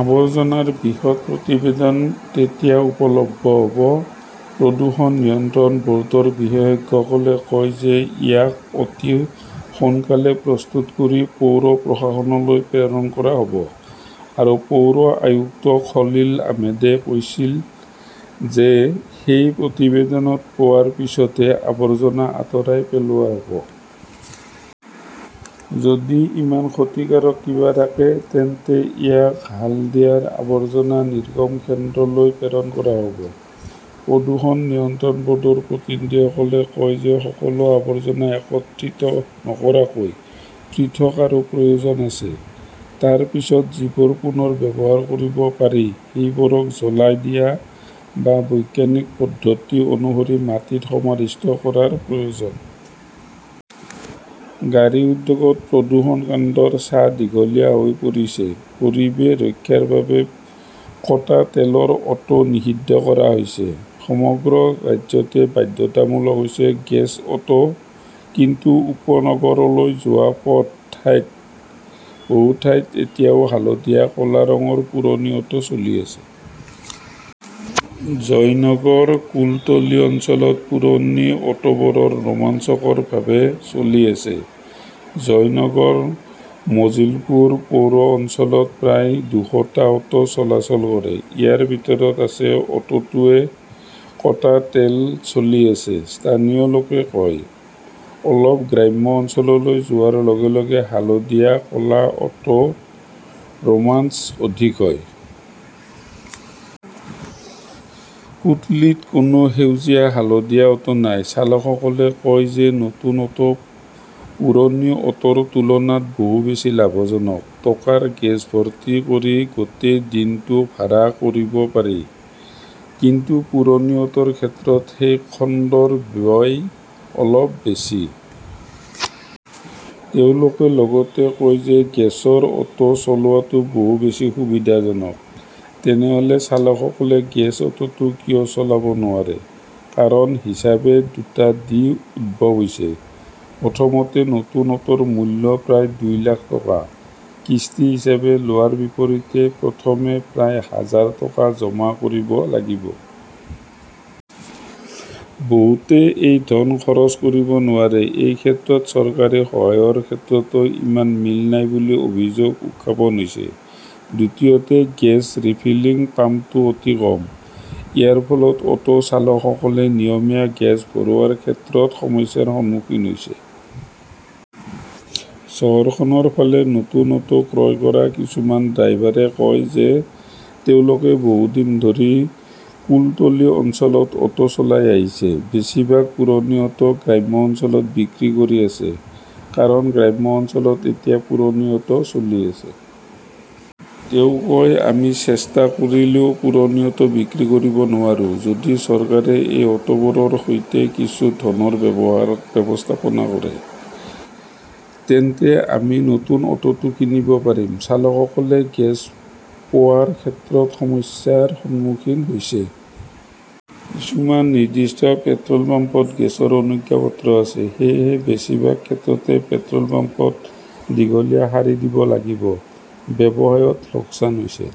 আৱৰ্জনাৰ বিশদ প্ৰতিবেদন কেতিয়া উপলব্ধ হব? প্ৰদূষণ নিয়ন্ত্ৰণ বৰ্ডৰ বিশেষজ্ঞসকলে কয় যে, ইয়াক অতি সোনকালেই প্ৰস্তুত কৰি পৌৰ প্ৰশাসনলৈ প্ৰেৰণ কৰা হব আৰু পৌৰ আয়ুক্ত খলিল আহমেদে কৈছিল যে, সেই প্ৰতিবেদন পোৱাৰ পিছতহে আৱৰ্জনা আঁতৰাই পেলোৱা হব। যদি ইমান ক্ষতিকাৰক কিবা থাকে, তেন্তে ইয়াক হালদিয়াৰ আৱৰ্জনা নিৰ্গমন কেন্দ্ৰলৈ প্ৰেৰণ কৰা হব। প্ৰদূষণ নিয়ন্ত্ৰণ বৰ্ডৰ প্ৰতিনিধিসকলে কয় যে, সকলো আৱৰ্জনা একত্ৰিত নকৰাকৈ পৃথক কৰাৰ প্ৰয়োজন আছে। তাৰ পিছত যিবোৰ পুনৰ ব্যৱহাৰ কৰিব পাৰি, সেইবোৰক জ্বলাই দিয়া বা বৈজ্ঞানিক পদ্ধতি অনুসৰি মাটিত সমাধিস্থ কৰাৰ প্ৰয়োজন। গাড়ী উদ্যোগত প্ৰদূষণ কাণ্ডৰ ছাঁ দীঘলীয়া হৈ পৰিছে । পৰিৱেশ ৰক্ষাৰ বাবে কটা তেলৰ অ'টো নিষিদ্ধ কৰা হৈছে। সমগ্ৰ ৰাজ্যতে বাধ্যতামূলক হৈছে গেছ অ'টো। কিন্তু উপনগৰলৈ যোৱা বহু ঠাইত এতিয়াও হালধীয়া-ক'লা ৰঙৰ পুৰণি অ'টো চলি আছে। জয়নগৰ-কুলতলি অঞ্চলত পুৰণি অ'টোবোৰ ৰোমাঞ্চকৰভাৱে চলি আছে। জয়নগৰ-মজিলপুৰ পৌৰ অঞ্চলত প্ৰায় দুশটা অ'টো চলাচল কৰে। ইয়াৰ ভিতৰত আছে অ'টোৱে কটা তেলত চলি আছে, স্থানীয় লোকে কয়। অলপ গ্ৰাম্য অঞ্চললৈ যোৱাৰ লগে লগে হালধীয়া-ক 'লা অ'টোৰ ৰোমাঞ্চ অধিক হয়। কুটলিত কোনো সেউজীয়া-হালধীয়া অ'টো নাই। চালকসকলে কয় যে, নতুন অ'টো পুৰণি অ'টোৰ তুলনাত বহু বেছি লাভজনক। টকাৰ গেছ ভৰ্তি কৰি গোটেই দিনটো ভাড়া কৰিব পাৰি। কিন্তু পুৰণি অ'টোৰ ক্ষেত্ৰত সেই খণ্ডৰ ব্যয় অলপ বেছি। তেওঁলোকে লগতে কয় যে, গেছৰ অ'টো চলোৱাটো বহু বেছি সুবিধাজনক। তেনেহলে চালকসকলে গেছ অ'টো কিয় চলাব নোৱাৰে? কাৰণ হিচাপে দুটা দিশ উদ্ভৱ হৈছে। প্ৰথমতে, নতুন অ'টোৰ মূল্য প্ৰায় দুই লাখ টকা। কিস্তি হিচাপে লোৱাৰ বিপৰীতে প্ৰথমে প্ৰায় হাজাৰ টকা জমা কৰিব লাগিব। বহুতে এই ধন খৰচ কৰিব নোৱাৰে। এই ক্ষেত্ৰত চৰকাৰী সহায়ৰ ক্ষেত্ৰতো ইমান মিল নাই বুলি অভিযোগ উত্থাপন হৈছে। দ্বিতীয়তে, গেছ ফিলিং পাম্পটো অতি কম। ইয়াৰ ফলত অ'টো চালকসকলে নিয়মীয়া গেছ ভৰোৱাৰ ক্ষেত্ৰত সমস্যাৰ সন্মুখীন হৈছে। চহৰখনৰ ফালে নতুন অ'টো ক্ৰয় কৰা কিছুমান ড্ৰাইভাৰে কয় যে, তেওঁলোকে বহু দিন ধৰি কুলতলি অঞ্চলত অ'টো চলাই আহিছে। বেছিভাগ পুৰণি অ'টো গ্ৰাম্য অঞ্চলত বিক্ৰী কৰি আছে। কাৰণ গ্ৰাম্য অঞ্চলত এতিয়াও পুৰণি অ'টো চলি আছে। তেওঁ কয়, "আমি আৰু চেষ্টা কৰিলেও পুৰণি অ'টো বিক্ৰী কৰিব নোৱাৰো। যদি চৰকাৰে এই অ'টোবোৰৰ সৈতে কিছু ধনৰ ব্যৱস্থা কৰে, তেন্তে আমি নতুন অ'টোও কিনিব পাৰিম"। চালকসকলে গেছ পোৱাৰ ক্ষেত্ৰতো সমস্যাৰ সন্মুখীন হৈছে। কিছুমান নিৰ্দিষ্ট পেট্ৰল পাম্পত গেছৰ অনুজ্ঞাপত্ৰ আছে। সেয়েহে বেছিভাগ ক্ষেত্ৰতে পেট্ৰল পাম্পত দীঘলীয়া শাৰী দিব লাগিব। ব্যৱসায়ত লোকচান হৈছে।